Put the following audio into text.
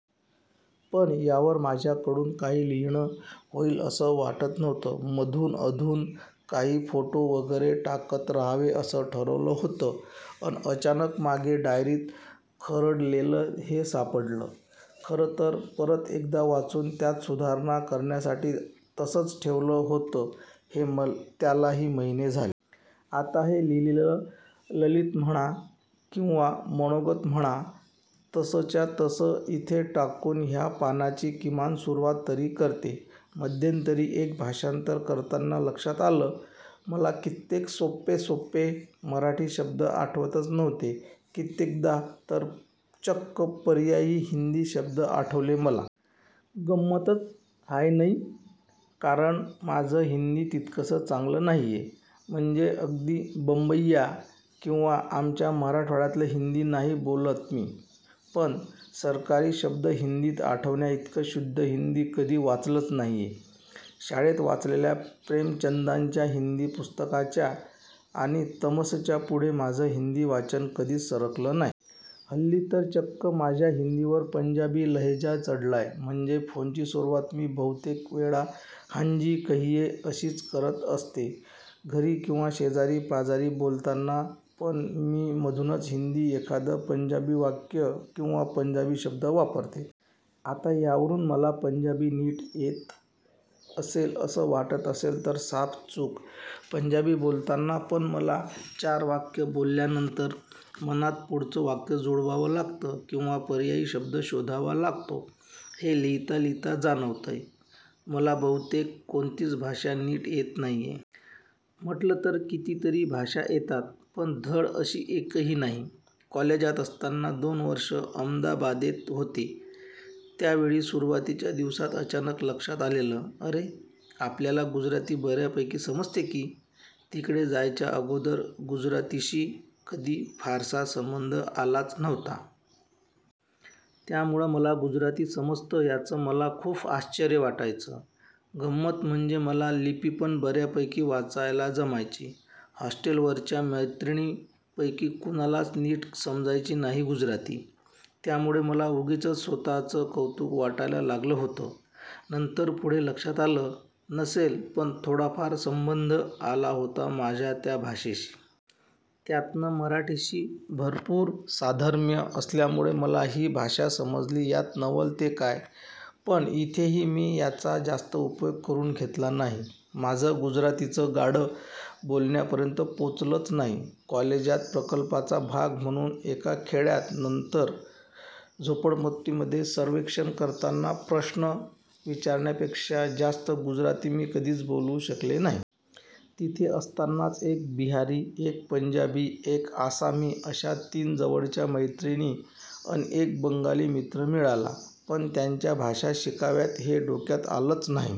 पण यावर माझ्याकडून काही लिहिणं होईल असं वाटत नव्हतं. मधून अधून काही फोटो वगैरे टाकत रहावे असं ठरवलं होतं. अन अचानक मागे डायरीत खरडलेलं हे सापडलं. खरंतर परत एकदा वाचून त्यात सुधारणा करण्यासाठी तसचं ठेवलं होतं हे, त्यालाही महिने झाले. आता हे लिहिलेलं ललित म्हणा किंवा मनोगत म्हणा तसच्या तसं इथे टाकून ह्या पानाची किमान सुरवात तरी करतेय. मध्यंतरी एक भाषांतर करताना लक्षात आलं, मला कित्येक सोप्पे-सोप्पे मराठी शब्द आठवतच नव्हते. कित्येकदा तर चक्क पर्यायी हिंदी शब्द आठवले मला. गम्मतच आहे नै? कारण माझं हिंदी तितकस चांगलं नाहीये. म्हणजे अगदी बंबय्या किंवा आमच्या मराठवाड्यातलं हिंदी नाही बोलत मी, पण सरकारी शब्द हिंदीत आठवण्याइतकं शुद्ध हिंदी कधी वाचलच नाहीये. शाळेत वाचलेल्या प्रेमचंदांच्या हिंदी पुस्तकाच्या आणि तमसच्या पुढे माझं हिंदी वाचन कधीच सरकलं नाही. हल्ली तर चक्क माझ्या हिंदीवर पंजाबी लहेजा चढलाय. म्हणजे फोनची सुरवात मी बहुतेकवेळा हांजी कहिये अशीच करत असते. घरी किंवा शेजारी पाजारी बोलताना पण मी मधूनच हिंदीत एखादं पंजाबी वाक्य किंवा पंजाबी शब्द वापरते. आता यावरून मला पंजाबी नीट येत असेल असं वाटत असेल तर साफ चूक. पंजाबी बोलताना पण मला, चार वाक्य बोलल्यानंतर मनात पुढचं वाक्य जुळवावं लागत किंवा पर्यायी शब्द शोधावा लागतो. हे लिहिता लिहिता जाणवतयं, मला बहुतेक कोणतीच भाषा नीट येत नाहीये. म्हटलं तर कितीतरी भाषा येतात, पण धड अशी एकही नाही. कॉलेजात असताना दोन वर्ष अहमदाबादेत होते, त्यावेळी सुरवातीच्या दिवसातच अचानक लक्षात आलेलं, अरे आपल्याला गुजराती बर्यापैकी समजते की. तिकडे जायच्या अगोदर गुजरातीशी कधी फारसा संबंध आलाच नव्हता. त्यामूळे मला गुजराती समजतं याचं मलाच खुप आश्चर्य वाटायचं. गंमत म्हणजे मला लिपीपण बर्यापै़की वाचायला जमायची. हॉस्टेलवरच्या मैत्रिणींपैकी कुणालाच नीट समजायची नाही गुजराती. त्यामुळे मला उगिचच स्वतःचं कौतुक वाटायला लागलं होतं. नंतर पूढे लक्षात आलं, नसेल पण थोडाफार संबंध आला होता माझा त्या भाषेशी. त्यातनं मराठीशी भरपूर साधर्म्य असल्यामूळे मला ही भाषा समजली यात नवल ते काय. पण इथेही मी याचा जास्त उपयोग करुन घेतला नाही. माझं गुजरातीचं गाडं बोलण्यापर्यंत पोचलंच नाही. कॉलेजात प्रकल्पाचा भाग म्हणून एका खेड्यात अन नंतर झोपडपट्टीमध्ये सर्वेक्षण करताना प्रश्ण विचारण्यापेक्षा जास्त गुजराती मी कधी बोलू शकले नाही. तिथे असतानाच एक बिहारी, एक पंजाबी एक आसामी अश्या तिन जवळच्या मैत्रिणी अन एक बंगाली मित्र मिळाला. पण त्यांच्या भाषा शिकाव्यात हे डोक्यात आलंच नाही.